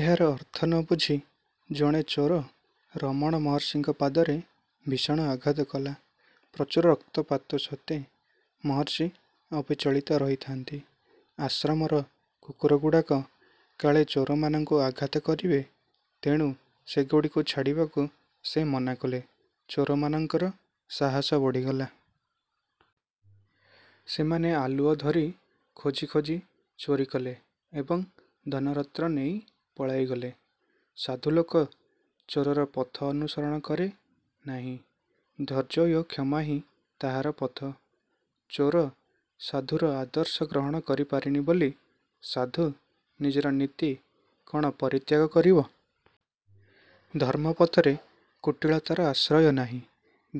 ଏହାର ଅର୍ଥ ନ ବୁଝି ଜଣେ ଚୋର ରମଣ ମହର୍ଷିଙ୍କ ପାଦରେ ଭୀଷଣ ଆଘାତ କଲା। ପ୍ରଚୁର ରକ୍ତପାତ ସତ୍ତ୍ୱେ ମହର୍ଷି ଅବିଚଳିତ ରହିଥାନ୍ତି। ଆଶ୍ରମର କୁକୁରଗୁଡ଼ାକ କାଳେ ଚୋରମାନଙ୍କୁ ଆଘାତ କରିବେ ତେଣୁ ସେଗୁଡ଼ିକୁ ଛାଡ଼ିବାକୁ ସେ ମନା କଲେ। ଚୋରମାନଙ୍କର ସାହସ ବଢ଼ିଗଲା। ସେମାନେ ଆଲୁଅ ଧରି ଖୋଜି ଖୋଜି ଚୋରି କଲେ ଏବଂ ଧନରତ୍ନ ନେଇ ପଳାଇଗଲେ। ସାଧୁଲୋକ ଚୋରର ପଥ ଅନୁସରଣ କରେ ନାହିଁ। ଧୈର୍ଯ୍ୟ ଓ କ୍ଷମାହିଁ ତାହାର ପଥ। ଚୋର ସାଧୁର ଆଦର୍ଶ ଗ୍ରହଣ କରିପାରିନି ବୋଲି ସାଧୁ ନିଜର ନୀତି କ'ଣ ପରିତ୍ୟାଗ କରିବ? ଧର୍ମପଥରେ କୁଟିଳତାର ଆଶ୍ରୟ ନାହିଁ।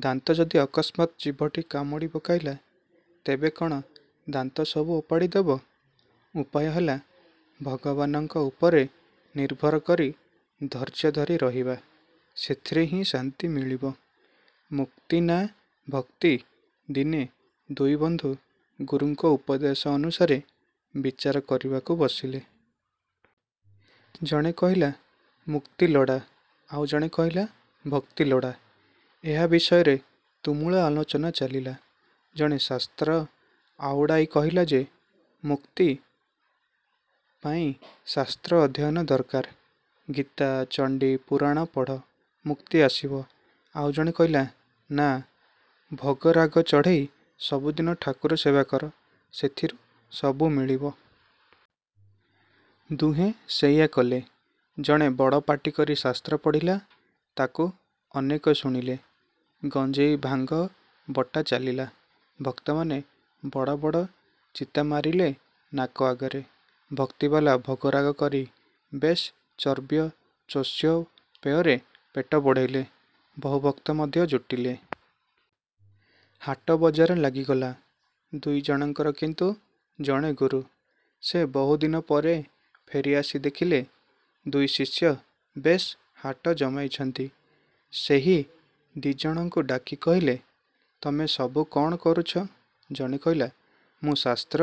ଦାନ୍ତ ଯଦି ଅକସ୍ମାତ୍ ଜିଭଟି କାମୁଡ଼ି ପକାଇଲା, ତେବେ କଣ ଦାନ୍ତସବୁ ଓପାଡ଼ି ଦେବ? ଉପାୟ ହେଲା ଭଗବାନଙ୍କ ଉପରେ ନିର୍ଭର କରି ଧୈର୍ଯ୍ୟ ଧରି ରହିବା। ସେଥିରେ ହିଁ ଶାନ୍ତି ମିଳିବ। '' ମୁକ୍ତି ନା ଭକ୍ତି ଦିନେ ଦୁଇବନ୍ଧୁ ଗୁରୁଙ୍କ ଉପଦେଶ ଅନୁସାରେ ବିଚାର କରିବାକୁ ବସିଲେ। ଜଣେ କହିଲା-ମୁକ୍ତି ଲୋଡ଼ା, ଆଉ ଜଣେ କହିଲା-ଭକ୍ତି ଲୋଡ଼ା। ଏହା ବିଷୟରେ ତୁମୁଳ ଆଲୋଚନା ଚାଲିଲା। ଜଣେ ଶାସ୍ତ୍ର ଆଉଡ଼ାଇ କହିଲା ଯେ ମୁକ୍ତି ପାଇଁ ଶାସ୍ତ୍ର ଅଧ୍ୟୟନ ଦରକାର। ଗୀତା, ଚଣ୍ଡୀ, ପୁରାଣ ପଢ଼। ମୁକ୍ତି ଆସିବ। ଆଉ ଜଣେ କହିଲା, ନା ଭୋଗରାଗ ଚଢ଼େଇ ସବୁଦିନ ଠାକୁର ସେବା କର, ସେଥିରେ ସବୁ ମିଳିବ। ଦୁହେଁ ସେଇଆ କଲେ। ଜଣେ ବଡ଼ ପାଟିକରି ଶାସ୍ତ୍ର ପଢ଼ିଲା। ତାକୁ ଅନେକେ ଶୁଣିଲେ। ଗଞ୍ଜେଇ-ଭାଙ୍ଗ ବଟା ଚାଲିଲା। ଭକ୍ତମାନେ ବଡ଼ ବଡ଼ ଚିତା ମାରିଲେ ନାକ ଆଗରେ। ଭକ୍ତିବାଲା ଭୋଗରାଗ କରି ବେଶ୍ ଚର୍ବ୍ୟ ଚୋଷ୍ୟ ପେୟରେ ପେଟ ବଢ଼ାଇଲେ। ବହୁ ଭକ୍ତ ମଧ୍ୟ ଜୁଟିଲେ। ହାଟ ବଜାର ଲାଗିଗଲା। ଦୁଇଜଣଙ୍କର କିନ୍ତୁ ଜଣେ ଗୁରୁ। ସେ ବହୁଦିନ ପରେ ଫେରିଆସି ଦେଖିଲେ, ଦୁଇଶିଷ୍ୟ ବେଶ୍ ହାଟ ଜମାଇଛନ୍ତି। ସେ ଦିଜଣଙ୍କୁ ଡାକି କହିଲେ, ତମେ ସବୁ କ'ଣ କରୁଛ? ଜଣେ କହିଲା, ''ମୁଁ ଶାସ୍ତ୍ର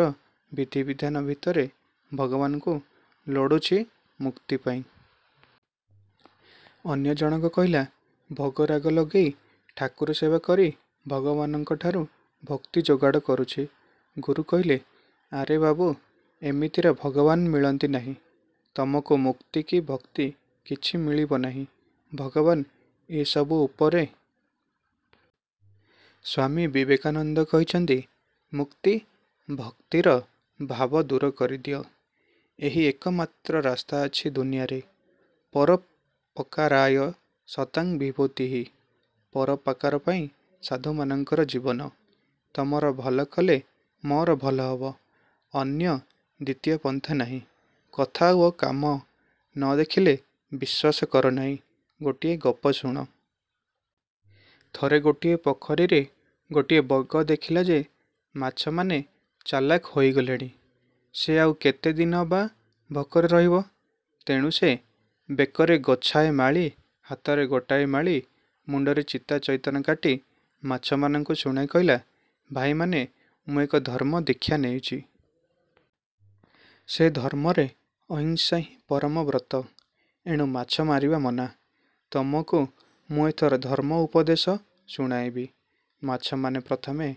ବିଧିବିଧାନ ଭିତରେ ଭଗବାନଙ୍କୁ ଲୋଡ଼ୁଛି ମୁକ୍ତି ପାଇଁ। '' ଅନ୍ୟ ଜଣକ କହିଲା, ''ଭୋଗରାଗ ଲଗେଇ ଠାକୁର ସେବା କରି ଭଗବାନଙ୍କଠାରୁ ଭକ୍ତି ଯୋଗାଡ଼ କରୁଛି। '' ଗୁରୁ କହିଲେ, ''ଆରେ ବାବୁ, ଏମିତିରେ ଭଗବାନ ମିଳନ୍ତି ନାହିଁ। ତମକୁ ମୁକ୍ତି କି ଭକ୍ତି କିଛି ମିଳିବ ନାହିଁ। ଭଗବାନ ଏ ସବୁର ଉପରେ। '' ସ୍ୱାମୀ ବିବେକାନନ୍ଦ କହିଛନ୍ତି-ମୁକ୍ତି ଭକ୍ତିର ଭାବ ଦୂର କରିଦିଅ। ଏହି ଏକମାତ୍ର ରାସ୍ତା ଅଛି ଦୁନିଆରେ-ପରୋପକାରାୟ ସତାଂ ବିଭୂତିଃ। ପରୋପକାର ପାଇଁ ସାଧୁମାନଙ୍କର ଜୀବନ। ତମର ଭଲ କଲେ ମୋର ଭଲ ହେବ। ଅନ୍ୟ ଦ୍ୱିତୀୟ ପନ୍ଥା ନାହିଁ। କଥା ଓ କାମ ନ ଦେଖିଲେ ବିଶ୍ୱାସ କର ନାହିଁ ଗୋଟିଏ ଗପ ଶୁଣ। ଥରେ ଗୋଟିଏ ପୋଖରୀରେ ଗୋଟିଏ ବଗ ଦେଖିଲା ଯେ ମାଛମାନେ ଚାଲାକ ହୋଇଗଲେଣି। ସେ ଆଉ କେତେ ଦିନ ବା ଭୋକରେ ରହିବ? ତେଣୁ ସେ ବେକରେ ଗୋଛାଏ ମାଳି, ହାତରେ ଗୋଟାଏ ମାଳି, ମୁଣ୍ଡରେ ଚିତା ଚଇତନ କାଟି ମାଛମାନଙ୍କୁ ଶୁଣାଇ କହିଲା-''ଭାଇମାନେ ମୁଁ ଏକ ଧର୍ମ ଦୀକ୍ଷା ନେଇଛି। ସେ ଧର୍ମରେ ଅହିଂସା ହିଁ ପରମ ବ୍ରତ-। ଏଣୁ ମାଛ ମାରିବା ମନା। ତମକୁ ମୁଁ ଏଥର ଧର୍ମ ଉପଦେଶ ଶୁଣାଇବି। '' ମାଛମାନେ ପ୍ରଥମେ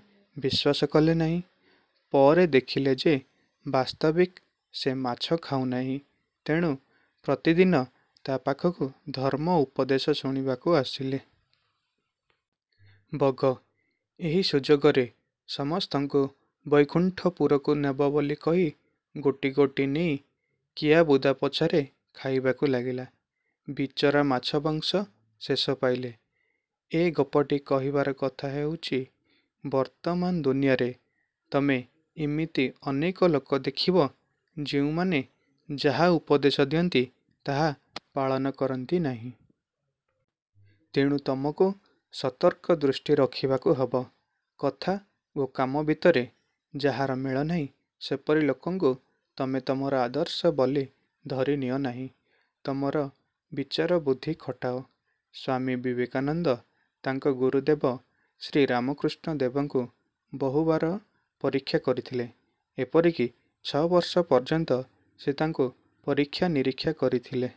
ବିଶ୍ୱାସ କଲେ ନାହିଁ। ପରେ ଦେଖିଲେ ଯେ ବାସ୍ତବିକ ସେ ମାଛ ଖାଉନାହିଁ। ତେଣୁ ପ୍ରତିଦିନ ତା' ପାଖକୁ ଧର୍ମ ଉପଦେଶ ଶୁଣିବାକୁ ଆସିଲେ। ବଗ। ଏହି ସୁଯୋଗରେ ସମସ୍ତଙ୍କୁ ବୈକୁଣ୍ଠପୁରକୁ ନେବ ବୋଲି କହି ଗୋଟି ଗୋଟି ନେଇ କିଆବୁଦା ପଛରେ ଖାଇବାକୁ ଲାଗିଲା। ବିଚରା ମାଛବଂଶ ଶେଷ ପାଇଲେ। ଏ ଗପଟି କହିବାର କଥା ହେଉଛି-ବର୍ତ୍ତମାନ ଦୁନିଆଁରେ ତମେ ଇମିତି ଅନେକ ଲୋକ ଦେଖିବ, ଯେଉଁମାନେ ଯାହା ଉପଦେଶ ଦିଅନ୍ତି ତାହା ପାଳନ କରନ୍ତି ନାହିଁ। ତେଣୁ ତମକୁ ସତର୍କ ଦୃଷ୍ଟି ରଖିବାକୁ ହେବ। କଥା ଓ କାମ ଭିତରେ ଯାହାର ମେଳ ନାହିଁ, ସେପରି ଲୋକଙ୍କୁ ତମେ ତମର ଆଦର୍ଶ ବୋଲି ଧରି ନିଅ ନାହିଁ। ତମର ବିଚାର ବୁଦ୍ଧି ଖଟାଅ। ସ୍ୱାମୀ ବିବେକାନନ୍ଦ ତାଙ୍କ ଗୁରୁଦେବ ଶ୍ରୀରାମକୃଷ୍ଣ ଦେବଙ୍କୁ ବହୁବାର ପରୀକ୍ଷା କରିଥିଲେ; ଏପରିକି ଛଅବର୍ଷ ପର୍ଯ୍ୟନ୍ତ ସେ ତାଙ୍କୁ ପରୀକ୍ଷା ନିରୀକ୍ଷା କରିଥିଲେ।